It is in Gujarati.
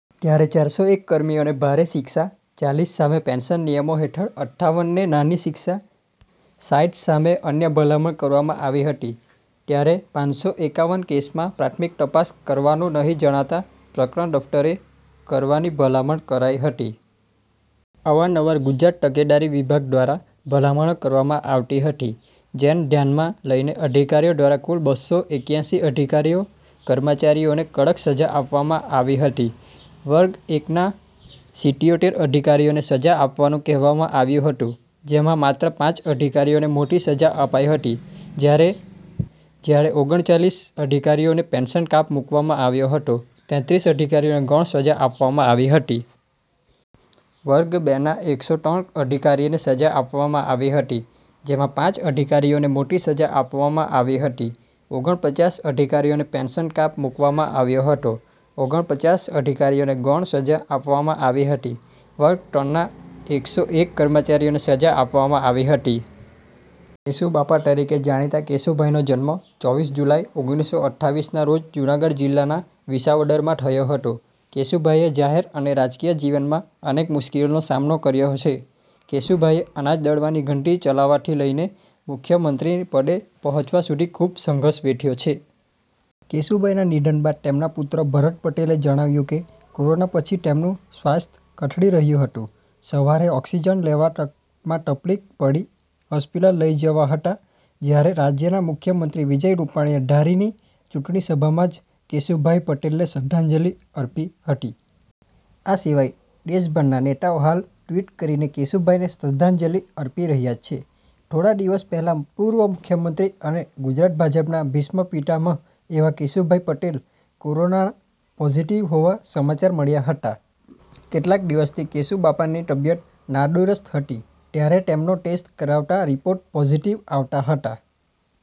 ત્યારે ચારસો એક કર્મીઓને ભારે શિક્ષા, ચાલીસ સામે પેન્શન નિયમો હેઠળ અઠ્ઠાવન ને નાની શિક્ષા, સાઇઠ સામે અન્ય ભલામણો કરવામાં આવી હતી, ત્યારે પાંસો એકાવન કેસમાં પ્રાથમિક તપાસ કરવાનું નહીં જણાતા પ્રકરણ દફ્તરે કરવાની ભલામણ કરાઇ હતી. અવાર-નવાર ગુજરાત તકેદારી વિભાગ દ્વારા ભલામણો કરવામાં આવતી હતી. જેન ધ્યાનમાં લઇને અધિકારીઓ દ્વારા કુલ બસો એકયાસી અધિકારી-કર્મચારીઓને કડક સજા આપવામાં આવી હતી. વર્ગ એક ના સિત્યોતેર અધિકારીઓને સજા આપવાનું કહેવામાં આવ્યું હતું, જેમાં માત્ર પાંચ અધિકારીઓને મોટી સજા અપાય હતી, જયારે ઓગણચાલીસ અધિકારીઓને પેન્શન કાપ મુકવામાં આવ્યો હતો, તેત્રીસ અધિકારીઓને ગૌણ સજા આપવામાં આવી હતી. વર્ગ બે ના એકસો ત્રણ અધિકારીને સજા આપવામાં આવી હતી જેમાં પાંચ અધિકારીઓને મોટી સજા આપવામાં આવી હતી, ઓગણપચાસ અધિકારીઓને પેન્શન કાપ મુકવામાં આવ્યો હતો, ઓગણપચાસ અધિકારીઓને ગૌણ સજા આપવામાં આવી હતી. વર્ગ-ત્રણ ના એકસો એક કર્મચારીઓને સજા આપવામાં આવી હતી. કેશુ બાપા તરીકે જાણીતા કેશુભાઈનો જન્મ ચોવીસ જુલાઈ ઓગણીસો અઠયાવીસ ના રોજ જૂનાગઢ જિલ્લાના વિસાવદરમાં થયો હતો. કેશુભાઈએ જાહેર અને રાજકીય જીવનમાં અનેક મુશ્કેલીઓનો સામનો કર્યો છે. કેશુભાઈએ અનાજ દળવાની ઘંટી ચલાવવાથી લઈ મુખ્યમંત્રી પદે પહોંચવા સુધી ખૂબ સંઘર્ષ વેઠ્યો છે. કેશુભાઈના નિધન બાદ તેમના પુત્ર ભરત પટેલે જણાવ્યું કે, કોરોના પછી તેમનું સ્વાસ્થ્ય કથળી રહ્યું હતું. સવારે ઓક્સિજન લેવામાં તકલીફ પડી, હોસ્પિટલ લઇ જવાયા હતા. જ્યારે રાજ્યના મુખ્યમંત્રી વિજય રૂપાણીએ ધારીની ચૂંટણી સભામાં જ કેશુભાઈ પટેલને શ્રદ્ધાંજલિ અર્પી હતી. આ સિવાય દેશભરના નેતાઓ હાલ ટ્વીટ કરીને કેશુભાઈને શ્રદ્ધાંજલિ અર્પી રહ્યા છે. થોડા દિવસ પહેલા પૂર્વ મુખ્યમંત્રી અને ગુજરાત ભાજપના ભીષ્મ પિતામહ એવા કેશુભાઈ પટેલ કોરોના પોઝિટિવ હોવાના સમાચાર મળ્યા હતા. કેટલાક દિવસથી કેશુબાપાની તબિયત નાદુરસ્ત હતી, ત્યારે તેમનો ટેસ્ટ કરાવાતાં રિપોર્ટ પોઝિટિવ આવ્યા હતા.